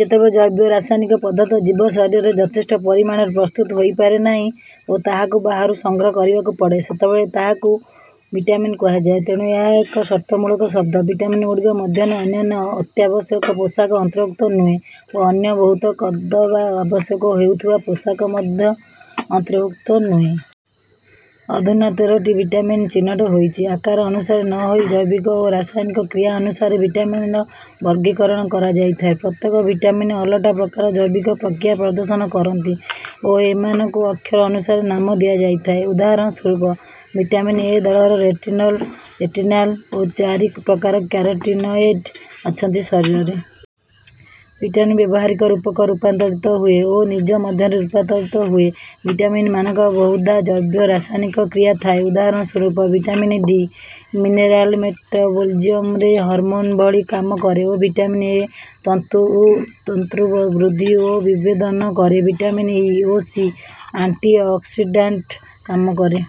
ଯେତେବେଳେ ଜୈବ ରାସାୟନିକ ପଦାର୍ଥ ଜୀବ ଶରୀରରେ ଯଥେଷ୍ଟ ପରିମାଣରେ ପ୍ରସ୍ତୁତ ହୋଇପାରେ ନାହିଁ ଓ ତାହାକୁ ବାହାରୁ ସଂଗ୍ରହ କରିବାକୁ ପଡ଼େ, ସେତେବେଳେ ତାହାକୁ ଭିଟାମିନ୍ କୁହାଯାଏ। ତେଣୁ ଏହା ଏକ ସର୍ତ୍ତମୂଳକ ଶବ୍ଦ। ଭିଟାମିନ୍‌ଗୁଡ଼ିକ ମଧ୍ୟରେ ଅନ୍ୟାନ୍ୟ ଅତ୍ୟାବଶ୍ୟକ ପୋଷକ ଅନ୍ତର୍ଭୁକ୍ତ ନୁହେଁ ଓ ଅନ୍ୟ ବୋହୁତ କଦବା ଆବଶ୍ୟକ ହେଉଥିବା ପୋଷକ ମଧ୍ୟ ଅନ୍ତର୍ଭୁକ୍ତ ନୁହେଁ। ଅଧୁନା ତେର ଟି ଭିଟାମିନ୍ ଚିହ୍ନଟ ହୋଇଚି। ଆକାର ଅନୁସାରେ ନ ହୋଇ ଜୈବିକ ଓ ରାସାୟନିକ କ୍ରିୟା ଅନୁସାରେ ଭିଟାମିନର ବର୍ଗୀକରଣ କରାଯାଇଥାଏ। ପ୍ରତ୍ୟେକ ଭିଟାମିନ୍ ଅଲଗା ପ୍ରକାର ଜୈବିକ ପ୍ରକ୍ରିୟା ପ୍ରଦର୍ଶନ କରନ୍ତି ଓ ଏମାନଙ୍କୁ ଅକ୍ଷର ଅନୁସାରେ ନାମ ଦିଆଯାଇଥାଏ। ଉଦାହରଣ ସ୍ୱରୂପ: ଭିଟାମିନ୍ 'ଏ' ଦଳରେ ରେଟିନଲ, ରେଟିନାଲ ଓ ଚାରି ପ୍ରକାର କ୍ୟାରୋଟିନଏଡ୍ ଅଛନ୍ତି। ଶରୀରରେ ଭିଟାମିନ୍ ବ୍ୟବହାରିକ ରୂପକୁ ରୂପାନ୍ତରିତ ହୁଏ ଓ ନିଜ ମଧ୍ୟରେ ରୂପାନ୍ତର ହୁଏ। ଭିଟାମିନ୍‌ମାନଙ୍କର ବହୁଧା ଜୈବ-ରାସାୟନିକ କ୍ରିୟା ଥାଏ। ଉଦାହରଣ ସ୍ୱରୂପ: ଭିଟାମିନ୍-ଡି ମିନେରାଲ୍ ମେଟାବୋଲିଜିମ୍‌ରେ ହରମୋନ୍ ଭଳି କାମ କରେ ଓ ଭିଟାମିନ୍-ଏ ତନ୍ତୁ ବୃଦ୍ଧି ଓ ବିଭେଦନ କରେ। ଭିଟାମିନ୍-ଇ ଓ ସି ଆଣ୍ଟି-ଅକ୍ସିଡାଣ୍ଟ କାମ କରେ।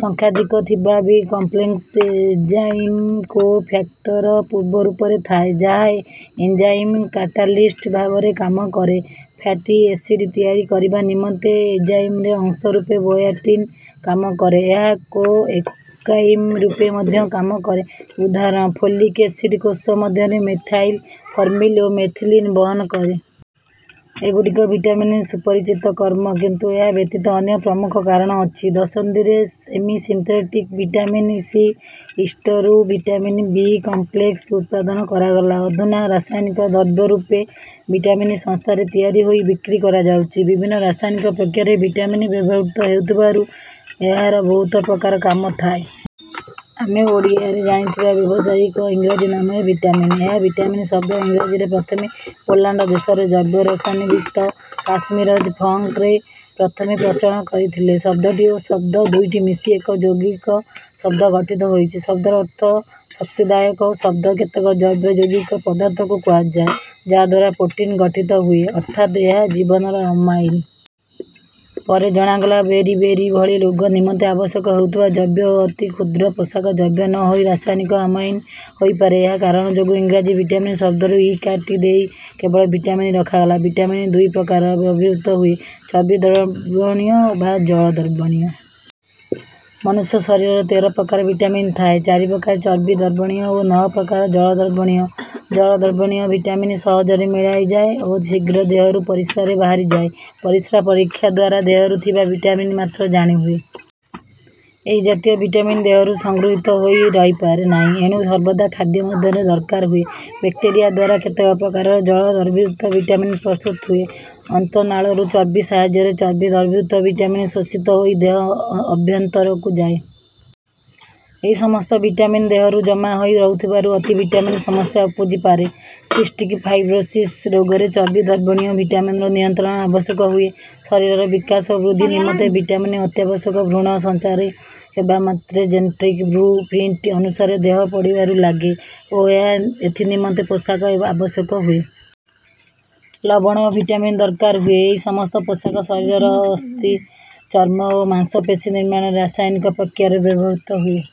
ସଂଖ୍ୟାଧିକ ଥିବା ବି-କମ୍ପ୍ଲେକ୍ସ ଏଞ୍ଜାଇମ୍ କୋ-ଫ୍ୟାକ୍ଟର ପୂର୍ବ ରୂପରେ ଥାଏ, ଯାହା ଏଞ୍ଜାଇମ୍ କାଟାଲିଷ୍ଟ ଭାବରେ କାମ କରେ। ଫ୍ୟାଟି ଏସିଡ୍ ତିଆରି କରିବା ନିମନ୍ତେ ଏଞ୍ଜାଇମ୍‌ର ଅଂଶ ରୂପେ ବାୟୋଟିନ୍ କାମ କରେ। ଏହା କୋ-ଏଞ୍ଜାଇମ୍ ରୂପେ ମଧ୍ୟ କାମ କରେ, ଉଦାହରଣ: ଫୋଲିକ୍ ଏସିଡ୍ କୋଷ ମଧ୍ୟରେ ମେଥାଇଲ୍, ଫର୍ମିଲ୍ ଓ ମେଥିଲିନ୍ ବହନ କରେ। ଏଗୁଡ଼ିକ ଭିଟାମିନର ସୁପରିଚିତ କର୍ମ, କିନ୍ତୁ ଏହା ବ୍ୟତୀତ ଅନ୍ୟ ପ୍ରମୁଖ କାରଣ ଅଛି। ଦଶନ୍ଧିରେ ସେମି-ସିନ୍ଥେଟିକ୍ ଭିଟାମିନ୍-ସି ଓ ଇଷ୍ଟ୍‌ରୁ ଭିଟାମିନ୍ ବି-କମ୍ପ୍ଲେକ୍ସ୍ ଉତ୍ପାଦନ କରାଗଲା। ଅଧୁନା ରାସାୟନିକ ଦ୍ରବ୍ୟ ରୂପେ ଭିଟାମିନ୍ ଶସ୍ତାରେ ତିଆରି ହୋଇ ବିକ୍ରି କରାଯାଉଚି। ବିଭିନ୍ନ ରାସାୟନିକ ପ୍ରକ୍ରିୟାରେ ଭିଟାମିନ୍ ବ୍ୟବହୃତ ହେଉଥିବାରୁ ଏହାର ବୋହୁତ ପ୍ରକାର କାମ ଥାଏ। ଆମେ ଓଡ଼ିଆରେ ଜାଣିଥିବା ଜୀବସାରର ଇଂରାଜୀ ନାମ ଭିଟାମିନ୍। ଏହି ଭିଟାମିନ୍ ଶବ୍ଦ ଇଂରାଜୀରେ ପ୍ରଥମେ ପୋଲାଣ୍ଡ ଦେଶର ଜୈବ-ରସାୟନବିତ୍ କାସିମିରଜ୍ ଫଙ୍କ ରେ ପ୍ରଥମେ ପ୍ରଚଳନ କରିଥିଲେ। ଶବ୍ଦଟି ଓ ଶବ୍ଦ ଦୁଇଟି ମିଶି ଏକ ଯୌଗିକ ଶବ୍ଦ ଗଠିତ ହୋଇଚି। ଶବ୍ଦର ଅର୍ଥ ଶକ୍ତିଦାୟକ ଓ ଶବ୍ଦ କେତେକ ଜୈବ ଯୌଗିକ ପଦାର୍ଥକୁ କୁହାଯାଏ, ଯାହାଦ୍ୱାରା ପ୍ରୋଟିନ୍ ଗଠିତ ହୁଏ, ଅର୍ଥାତ୍ ଏହା ଜୀବନର ଆମାଇନ୍। ପରେ ଜଣାଗଲା ବେରି-ବେରି ଭଳି ରୋଗ ନିମନ୍ତେ ଆବଶ୍ୟକ ହେଉଥିବା ଜୈବ ଅତି କ୍ଷୁଦ୍ର ପୋଷକ ଜୈବ ନ ହୋଇ ରାସାୟନିକ ଆମାଇନ୍ ହୋଇପାରେ। ଏହା କାରଣ ଯୋଗୁ ଇଂରାଜୀ ଭିଟାମିନ୍ ଶବ୍ଦରୁ ଇ କାଟି ଦେଇ କେବଳ ଭିଟାମିନ୍ ରଖାଗଲା। ଭିଟାମିନ୍ ଦୁଇ ପ୍ରକାରେ ଦ୍ରବୀଭୂତ ହୁଏ: ଚର୍ବି ଦ୍ରବଣୀୟ ବା ଜଳ ଦ୍ରବଣୀୟ। ମନୁଷ୍ୟ ଶରୀରରେ ତେର ପ୍ରକାର ଭିଟାମିନ୍ ଥାଏ ଚାରି ପ୍ରକାର ଚର୍ବି ଦ୍ରବଣୀୟ ଓ ନଅ ପ୍ରକାର ଜଳ ଦ୍ରବଣୀୟ। ଜଳ ଦ୍ରବଣୀୟ ଭିଟାମିନ୍ ସହଜରେ ମିଳାଇ ଯାଏ ଓ ଶୀଘ୍ର ଦେହରୁ ପରିସ୍ରାରେ ବାହାରି ଯାଏ। ପରିସ୍ରା ପରୀକ୍ଷା ଦ୍ୱାରା ଦେହରେ ଥିବା ଭିଟାମିନ୍ ମାତ୍ର ଜାଣି ହୁଏ। ଏହି ଜାତୀୟ ଭିଟାମିନ୍ ଦେହରେ ସଂଗୃହୀତ ହୋଇ ରହିପାରେ ନାହିଁ, ଏଣୁ ସର୍ବଦା ଖାଦ୍ୟ ମାଧ୍ୟମରେ ଦରକାର ହୁଏ। ବ୍ୟାକ୍ଟେରିଆ ଦ୍ୱାରା କେତେକ ପ୍ରକାରର ଜଳ ଦ୍ରବୀଭୂତ ଭିଟାମିନ୍ ପ୍ରସ୍ତୁତ ହୁଏ। ଅନ୍ତନାଳରୁ ଚର୍ବି ସାହାଯ୍ୟରେ ଚର୍ବି ଦ୍ରବୀଭୂତ ଭିଟାମିନ୍ ଶୋଷିତ ହୋଇ ଦେହ ଅଭ୍ୟନ୍ତରକୁ ଯାଏ। ଏହି ସମସ୍ତ ଭିଟାମିନ୍ ଦେହରୁ ଜମା ହୋଇ ରହୁଥିବାରୁ ଅତି ଭିଟାମିନ୍ ସମସ୍ୟା ଉପୁଜି ପାରେ। ସିଷ୍ଟିକ୍ ଫାଇବ୍ରୋସିସ୍ ରୋଗରେ ଚର୍ବି ଦ୍ରବଣୀୟ ଭିଟାମିନର ନିୟନ୍ତ୍ରଣ ଆବଶ୍ୟକ ହୁଏ। ଶରୀରର ବିକାଶ ଓ ବୃଦ୍ଧି ନିମନ୍ତେ ଭିଟାମିନ୍ ଅତ୍ୟାବଶ୍ୟକ। ଭ୍ରୂଣ ସଞ୍ଚାର ହେବା ମାତ୍ରେ ଜେନେଟିକ୍ ବ୍ଲୁ-ପ୍ରିଣ୍ଟ୍ ଅନୁସାରେ ଦେହ ବଢ଼ିବାକୁ ଲାଗେ ଓ ଏଥି ନିମନ୍ତେ ପୋଷକ ଆବଶ୍ୟକ ହୁଏ। ଲବଣ ଓ ଭିଟାମିନ୍ ଦରକାର ହୁଏ। ଏହି ସମସ୍ତ ପୋଷକ ଶରୀରର ଅସ୍ଥି, ଚର୍ମ ଓ ମାଂସପେଶୀ ନିର୍ମାଣର ରାସାୟନିକ ପ୍ରକ୍ରିୟାରେ ବ୍ୟବହୃତ ହୁଏ।